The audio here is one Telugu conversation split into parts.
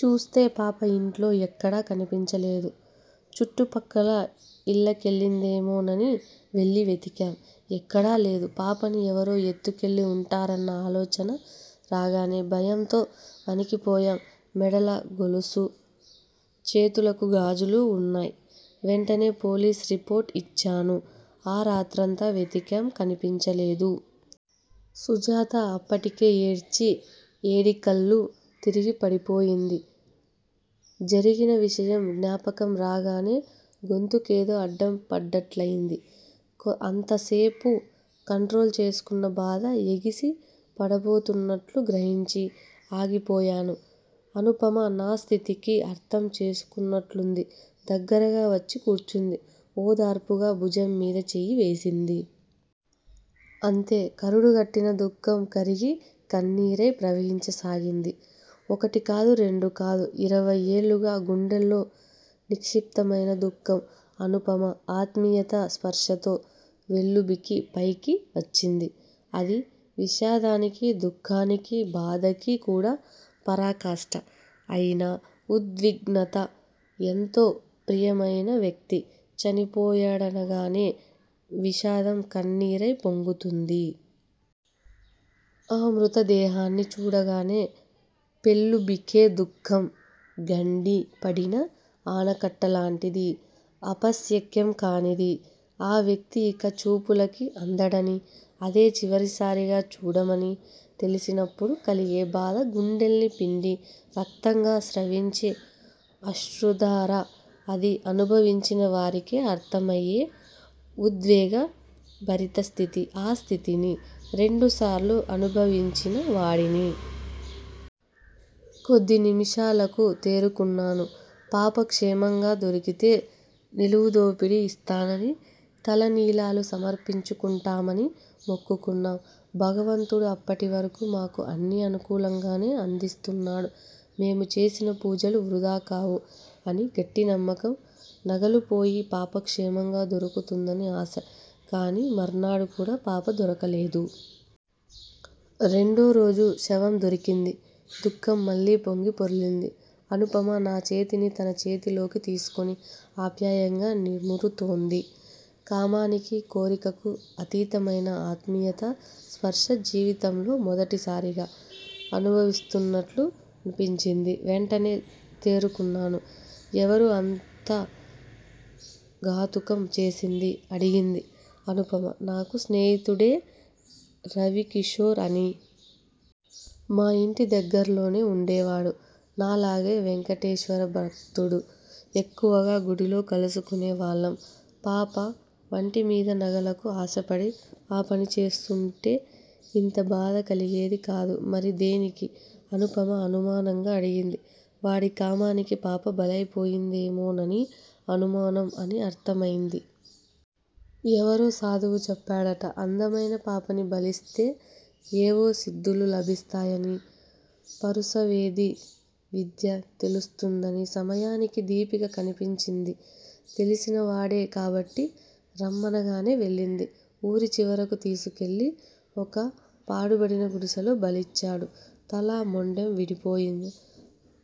చూస్తే పాప ఇంట్లో ఎక్కడా కనిపించలేదు. చుట్టు పక్కల ఇళ్ళకెళ్ళిందేమోనని వెళ్ళి వెతికాం. ఎక్కడా లేదు. పాపని ఎవరో ఎత్తుకెళ్ళి వుంటారన్న ఆలోచన రాగానే భయంతో వణికిపోయాం. మెడల గొలుసు, చేతులకు గాజులు వున్నాయ్. వెంటనే పోలీసు రిపోర్టు యిచ్చాను. ఆ రాత్రంతా వెతికాం కనిపించలేదు. సుజాత అప్పటికే ఏడ్చి ఏడికళ్ళు తిరిగి పడిపోయింది. జరిగిన విషయం జ్ఞాపకం రాగానే గొంతుకేదో అడ్డం పడ్డట్లయింది. అంతసేపు కంట్రోలు చేసుకున్న బాధ ఎగిసి పడబోతున్నట్లు గ్రహించి ఆగిపోయాను. అనుపమ నా స్థితికి అర్ధం చేసుకున్నట్లుంది. దగ్గరగా వచ్చి కూర్చుంది- ఓదార్పుగా భుజంమీద చెయ్యి వేసింది. అంతే కరుడు గట్టిన దుఃఖం కరిగి కన్నీరై ప్రవహించసాగింది. ఒకటి కాదు, రెండు కాదు- ఇరవై ఏళ్ళుగా గుండెల్లో నిక్షిప్తమైన దుఃఖం. అనుపమ ఆత్మీయతా స్పర్శతో పెల్లుబికి పైకి వచ్చింది. అది విషాదానికి, దుఃఖానికి, బాధకీ కూడా పరాకాష్ట. అయినా ఉద్విగ్నత. ఎంతో ప్రియమయిన వ్యక్తి చనిపోయాడనగానే విషాదం కన్నీరై పొంగుతుంది. ఆ మృతదేహాన్ని చూడగానే పెల్లుబికే దుఃఖం గండి పడిన ఆనకట్టలాంటిది. ఆపశక్యం కానిది. ఆ వ్యక్తి ఇక చూపులకి అందడని అదే చివరిసారిగా చూడమని తెలిసినప్పుడు కలిగే బాధ గుండెల్ని పిండి రక్తంగా స్రవించే అశ్రుధార. అది అనుభవించిన వారికే అర్ధమయ్యే ఉద్వేగ భరితస్థితి. ఆ స్థితిని రెండుసార్లు అనుభవించిన వాడిని. కొద్ది నిమిషాలకు తేరుకున్నాను. పాప క్షేమంగా దొరికితే నిలువుదోపిడి యిస్తానని, తలనీలాలు సమర్పించుకుంటామని మొక్కుకున్నాం. భగవంతుడు అప్పటివరకూ మాకు అన్నీ అనుకూలంగానే అందిస్తున్నాడు. మేము చేసిన పూజలు వృధా కావు అని గట్టినమ్మకం. నగలు పోయి పాప క్షేమంగా దొరుకుతుందని ఆశ. కాని మర్నాడు కూడా పాప దొరకలేదు. రెండోరోజు శవందొరికింది- దుఃఖం మళ్ళీ పొంగి పొర్లింది. అనుపమ నా చేతిని తన చేతిలోకి తీసుకొని. ఆప్యాయంగా నిమురుతోంది. కామానికి, కోరికకు అతీతమైన ఆత్మీయతా స్పర్శ జీవితంలో మొదటిసారిగా అనుభవిస్తున్నట్లునిపించింది. వెంటనే తేరుకున్నాను. ఎవరు అంత ఘాతుకం చేసింది? అడిగింది అనుపమ. నాకు స్నేహితుడే రవికిశోర్ అని. మా ఇంటి దగ్గర్లోనే వుండేవాడు. నాలాగే వేంకటేశ్వర భక్తుడు. ఎక్కువగా గుడిలో కలుసుకునే వాళ్ళం. పాప వంటిమీద నగలకు ఆశపడి ఆ పని చేసుంటే ఇంత బాధ కలిగేది కాదు. మరి దేనికి? అనుపమ అనుమానంగా అడిగింది. వాడి కామానికి పాప బలయిపోయిందేమోనని అనుమానం అని అర్ధమైంది. ఎవరో సాధువు చెప్పాడట. అందమైన పాపని బలిస్తే ఏవో సిద్దులు లభిస్తాయని, పరుసవేది విద్య తెలుస్తుందనీ. సమయానికి దీపిక కనిపించింది. తెలిసినవాడే కాబట్టి రమ్మనగానే వెళ్ళింది. ఊరి చివరకు తీసుకెళ్ళి ఒక పాడుపడిన గుడిసెలో బలిచ్చాడు. తల, మొండెం విడిపోయిన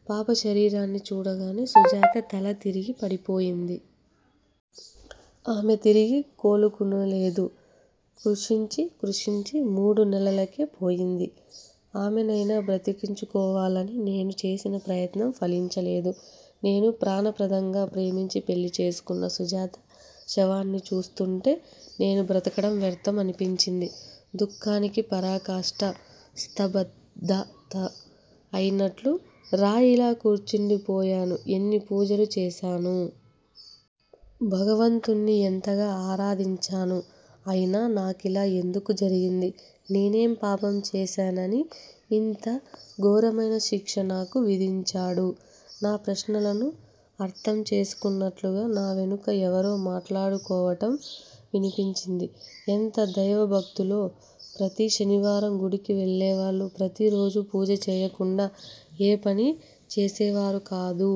పాప శరీరాన్ని చూడగానే సుజాత తల తిరిగి పడిపోయింది. ఆమె తిరిగి కోలుకునలేదు. కృశించి, కృశించి మూడు నెలలకే పోయింది. ఆమెనైనా బ్రతికించుకోవాలని నేను చేసిన ప్రయత్నం ఫలించలేదు. నేను ప్రాణప్రదంగా ప్రేమించి పెళ్ళి చేసుకున్న సుజాత శవాన్ని చూస్తుంటే నేను బ్రతకడం వ్యర్ధం అనిపించింది. దుఃఖానికి పరాకాష్ట స్తబ్దత అయినట్లు రాయిలా కూర్చుండిపోయాను. ఎన్ని పూజలు చేశాను? భగవంతుడిని ఎంతగా ఆరాధించాను. అయినా నాకిలా ఎందుకు జరిగింది? నేనేం పాపం చేశానని ఇంత ఘోరమైన శిక్ష నాకు విధించాడు? నా ప్రశ్నలను అర్ధం చేసుకున్నట్లుగా నా వెనుక ఎవరో మాట్లాడుకోవటం వినిపించింది. ఎంత దైవభక్తులో! ప్రతి శనివారం గుడికి వెళ్ళేవాళ్ళు. ప్రతిరోజూ పూజ చెయ్యకుండా ఏ పనీ చేసేవారుకాదు.